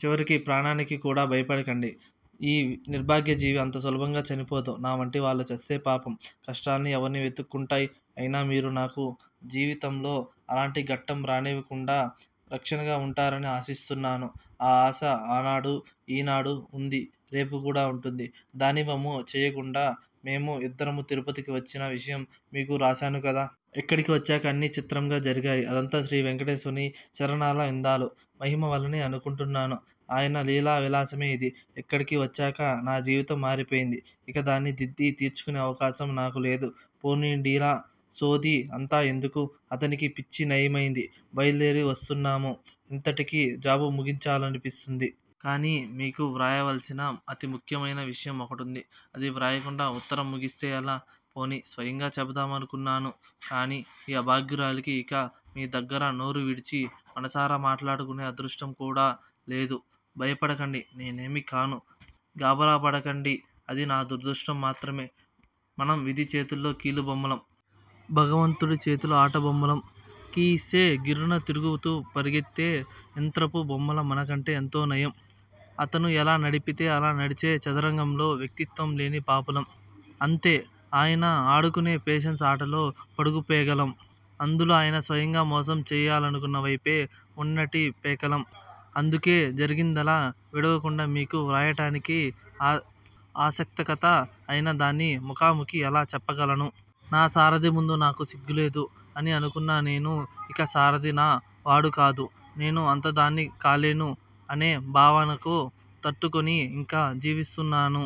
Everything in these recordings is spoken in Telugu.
చివరికి ప్రాణానికి కూడా! భయపడకండి-ఈ నిర్భాగ్య జీవి అంతసులభంగా చనిపోదు నావంటివాళ్ళు చస్తే పాపం! కష్టాలు ఎవర్నివెతుక్కుంటాయ్. అయినా మీరు నాకు జీవితంలో అలాంటి ఘట్టంరానివ్వకుండా రక్షణగా వుంటారని ఆశిస్తున్నాను-ఆ ఆశ ఆనాడు ఈనాడూ వుంది-రేపు కూడా వుంటుంది. దానివమ్ము చేయకండ! మేము ఇద్దరమూ తిరుపతికి వచ్చిన విషయం మీకు రాశానుకదా? ఇక్కడికి వచ్చాక అన్నీ చిత్రంగా జరిగాయి. అదంతా శ్రీవేంకటేశ్వరుని చరణారవిందాల మహిమవల్లనే అనుకుంటున్నాను. ఆయన లీలా విలాసమే ఇది. ఇక్కడికివచ్చాక నా జీవితమే మారిపోయింది. ఇకధాన్ని దిద్ది తీర్చుకునే అవకాశం నాకులేదు- పోనీండినా సోది అంతా ఎందుకు? అతనికి పిచ్చి నయమైంది. బయలుదేరివస్తున్నాము ఇంతటికి జాబు ముగించాలనిపిస్తున్నది. కానీ-మీకు వ్రాయవలసిన అతి ముఖ్యమైన విషయం ఒకటుంది. అది వ్రాయకుండా ఉత్తరంముగిస్తే ఎలా? పోనీ స్వయంగా చెపుదామనుకున్నాను. కానీ ఈ అభాగ్యురాలికి ఇక మీ దగ్గరనోరువిడిచి మనసారా మాట్లాడుకునే అదృష్టం కూడా లేదు. భయపడకండి. నేనేమీ కాను. గాబరాపడ కండి అది నా దురదృష్టం మాత్రమే. మనం విధి చేతిలోకీలు బొమ్మలం. భగవంతునిచేతిలో ఆటబొమ్మలం. కీఇస్తే గిర్రున తిరుగుతూపరుగెత్తే యంత్రపు బొమ్మలు మనకంటే ఎంతో నయం. అతను ఎలా నడిపితే అలా నడిచే చదరంగంలో వ్యక్తిత్వం లేని పాపులం. అంతే! ఆయన ఆడుకునే పేషన్స్ ఆటలోని పడుగుపేగలం. అందులో ఆయన స్వయంగా మోసం చేయాలనుకునేవైపు వున్నట్టిపేకలం. అందుకే జరిగిందల్లా విడువకుండా మీకు వ్రాయటానికే అశక్తత అయిన దాన్ని ముఖాముఖి ఎలా చెప్పుకోగలను? నాసారధి ముందు నాకు సిగ్గులేదు అని అనుకున్న నేను ఇక సారధి నా వాడుకాదు-నేను అతనిదాన్ని కాలేను అనేభావనకు తట్టుకుని ఇంకా జీవిస్తున్నాన్నేను.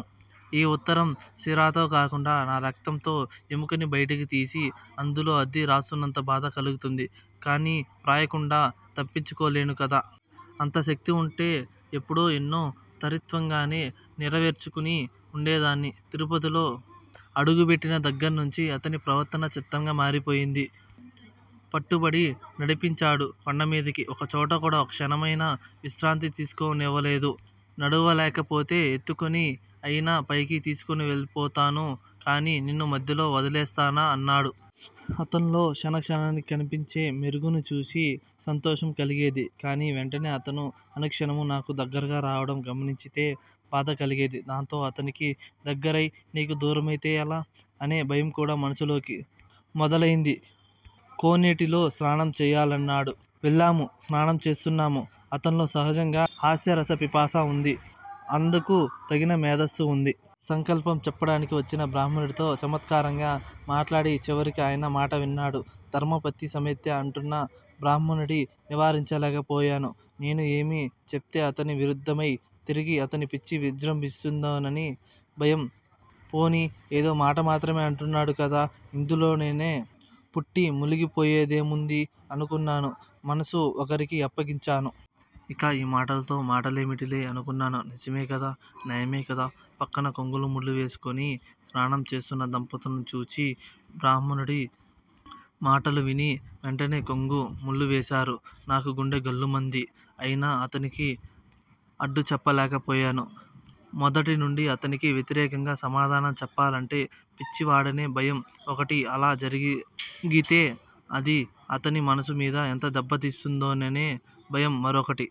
ఈ ఉత్తరం సిరాతో కాకుండా నా రక్తంతో ఎముకని బయటికి తీసి అందులో అద్ది రాస్తున్నంత బాధ కలుగుతోంది. కానీవ్రాయకుండా తప్పించుకోలేనుకదా? అంత శక్తి వుంటే ఎప్పుడో ఎన్నో త్వరితంగానే నెరవేర్చుకుని వుండేదాన్ని. తిరుపతిలో అడుగు పెట్టిన దగ్గర్నించీ అతని ప్రవర్తన చిత్రంగా మారిపోయింది. పట్టుబట్టి నడిపించాడు కొండమీదికి. ఒకచోటకూడా ఒక్కక్షణమైనా విశ్రాంతితీసుకోనివ్వలేదు. నడువలేకపోతే ఎత్తుకుని అయినా పైకి తీసుకపోతాను కానీ నిన్ను మధ్యలో వదిలేస్తానా అన్నాడు. అతన్లో క్షణ క్షణానికి కనిపించేమెరుగుని చూచి సంతోషంకలిగేది. కానీ-వెంటనే అతను అనుక్షణమూ నాకు దగ్గరగా రావటం గమనించితే బాధకలిగేది-- దాంతో అతనికి దగ్గరై నీకు దూరమౌతే ఎలా? అనే భయంకూడా మనసులోకి మెదిలింది. కోనేటిలోస్నానం చేయాలన్నాడు. వెళ్ళాము స్నానంచేస్తున్నాము. అతన్లో సహజంగా హాస్యరసపిపాస వుంది. అందుకు తగిన మేధస్సు వుంది. సంకల్పం చెప్పటానికి వచ్చిన బ్రాహ్మడితో చమత్కారంగా మాట్లాడిచివరికి ఆయన మాటవిన్నాడు. ధర్మపత్ని సమేతస్య అంటున్న బ్రాహ్మడి నివారించలేకపోయాను. నేను ఏమి చెప్తే అతని విరుద్దమై తిరిగి అతనికి పిచ్చివిజ్రుంభిస్తుందోనని భయం. పోనీ ఏదో మాట మాత్రమే అంటున్నాడు కదా? ఇందులోనా పుట్టి ములిగిపోయేదేముంది అనుకున్నాను. మనస్సు ఒకరికి అప్పగించాను. ఇక ఈ మాటలతో మాటేమిటిలే అనుకున్నాను. నిజమేకదా? న్యాయమే కదా? ప్రక్కనే కొంగులు ముడివేసుకుని స్నానం చేస్తున్నదంపతుల్ని చూచి బ్రాహ్మడి మాటలువిని వెంటనే కొంగు ముళ్ళువేశారు. నాకుగుండె ఝల్లుమంది అయినా అతనికి అడ్డుచెప్పలేకపోయాను. మొదటినుండి అతనికి వ్యతిరేకంగా సమాధానం చెప్పాలంటే పిచ్చివాడనే భయం ఒకటి అలా జరిగితే అది అతని మనసు మీద ఎంత దెబ్బతీస్తుందోననే భయం మరొకటి.